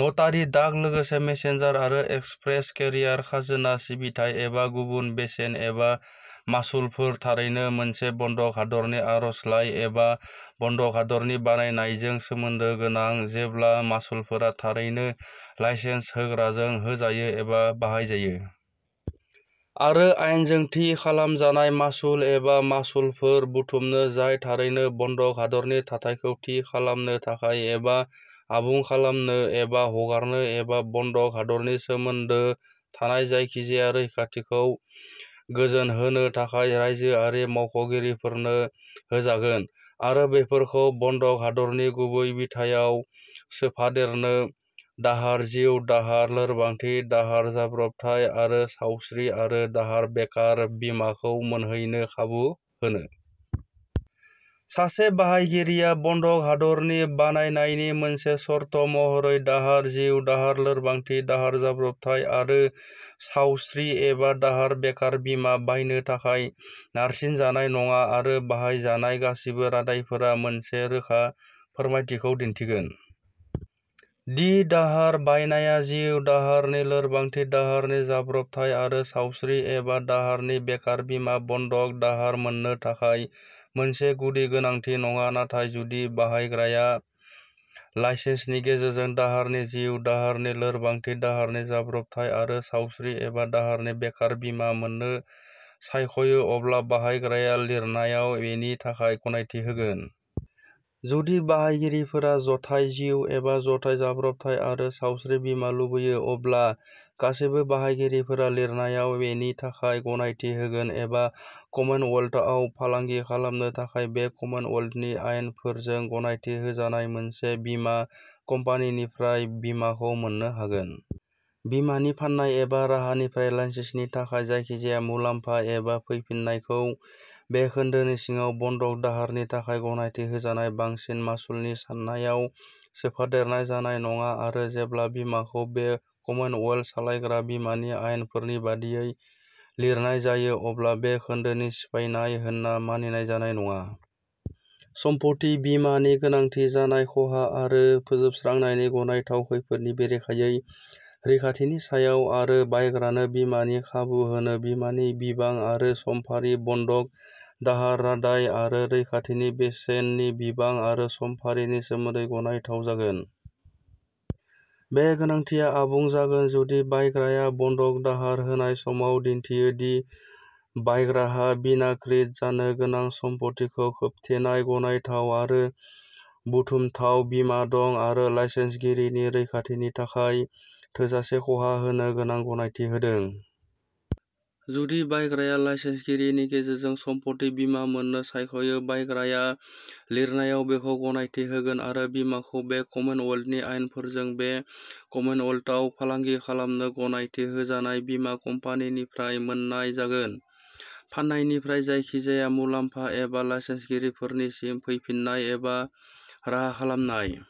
नटारि डाक लोगोसे मेसेन्जार आरो एक्सप्रेस केरियार खाजोना सिबिथाय एबा गुबुन बेसेन एबा मासुलफोर थारैनो मोनसे बन्दक दाहारनि आर'जलाइ एबा बन्दक दाहारनि बानायनायजों सोमोन्दो गोनां जेब्ला मासुलफोरा थारैनो लाइसेन्स होग्राजों होजायो एबा बाहायजायो आरो आयेनजों थि खालामजानाय मासुल एबा मासुलफोर बुथुमनो जाय थारैनो बन्दक दाहारनि थाथायखौ थि खालामनो थाखाय एबा आबुं खालामनो एबा हगारनो एबा बन्दक दाहारनि सोमोन्दो थानाय जायखिजाया रैखाथिखौ गोजोनहोनो थाखाय रायजोआरि मावख'गिरिफोरनो होजागोन आरो बेफोरखौ बन्दक दाहारनि गुबै बिथायाव सोफादेरनो दाहार जिउ दाहार लोरबांथि दाहार जाब्रबथाय आरो सावस्रि आरो दाहार बेकार बीमाखौ मोनहैनो खाबु होनो। सासे बाहायगिरिया बन्दक दाहारनि बानायनायनि मोनसे सर्त महरै दाहार जिउ दाहार लोरबांथि दाहार जाब्र'बथाय आरो सावस्रि एबा दाहार बेकार बीमा बायनो थाखाय नारसिन जानाय नङा आरो बाहायजानाय गासिबो रादाइफोरा मोनसे रोखा फोरमायथिखौ दिन्थिगोन दि दाहार बायनाया जिउ दाहारनि लोरबांथि दाहारनि जाब्रबथाय आरो सावस्रि एबा दाहारनि बेकार बीमा बन्दक दाहार मोननो थाखाय मोनसे गुदि गोनांथि नङा नाथाय जुदि बाहायग्राया लाइसेन्सिनि गेजेरजों दाहारनि जिउ दाहारनि लोरबांथि दाहारनि जाब्रबथाय आरो सावस्रि एबा दाहारनि बेकार बीमा मोननो सायखयो अब्ला बाहायग्राया लिरनायाव बेनि थाखाय गनायथि होगोन। जुदि बाहायगिरिफोरा जथाय जिउ एबा जथाय जाब्रबथाय आरो सावस्रि बीमा लुबैयो अब्ला गासैबो बाहायगिरिफोरा लिरनायाव बेनि थाखाय गनायथि होगोन बे कमनवेल्थआव फालांगि खालामनो थाखाय बे कमनवेल्थनि आयेनफोरजों गनायथि होजानाय मोनसे बीमा कम्पानिनिफ्राय बीमाखौ मोन्नो हागोन। बीमानि फाननाय एबा राहानिफ्राय लाइसेन्सिनि थाखाय जायखिजाया मुलाम्फा एबा फैफिननायखौ बे खोन्दोनि सिङाव बन्दक दाहारनि थाखाय गनायथि होजानाय बांसिन मासुलनि साननायाव सोफादेरनाय जानाय नङा आरो जेब्ला बीमाखौ बे कमनवेल्थ सामलायग्रा बीमानि आयेनफोरनि बायदियै लिरनाय जायो अब्ला बे खोन्दोनि सिफायनाय होनना मानिनाय जानाय नङा। सम्पथि बीमानि गोनांथि जानाय खहा आरो फोजोबस्रांनायनि गनायथाव खैफोदनि बेरेखायै रैखाथिनि सायाव आरो बायग्रानो बीमानि खाबु होनो बीमानि बिबां आरो समफारि बन्दक दाहार रादाय आरो रैखाथिनि बेसेननि बिबां आरो समफारिनि सोमोनदै गनायथाव जागोन। बे गोनांथिया आबुं जागोन जुदि बायग्राया बन्दक दाहार होनाय समाव दिन्थियो दि बायग्राहा बीमाकृत जानो गोनां सम्पथिखौ खोबथेनाय गनायथाव आरो बुथुमथाव बीमा दं आरो लाइसेन्सगिरिनि रैखाथिनि थाखाय थोजासे खहा होनो गोनां गनायथि होदों। जुदि बायग्राया लाइसेन्सगिरिनि गेजेरजों सम्पथि बीमा मोन्नो सायखयो बायग्राया लिरनायाव बेखौ गनायथि होगोन आरो बीमाखौ बे कमनवेल्थनि आयेनफोरजों बे कमनवेल्थआव फालांगि खालामनो गनायथि होजानाय बीमा कम्पानिनिफ्राय मोन्नाय जागोन। फाननायनिफ्राय जायखिजाया मुलाम्फा एबा लाइसेन्सगिरिनिसिम फैफिन्नाय एबा राहा खालामनाय।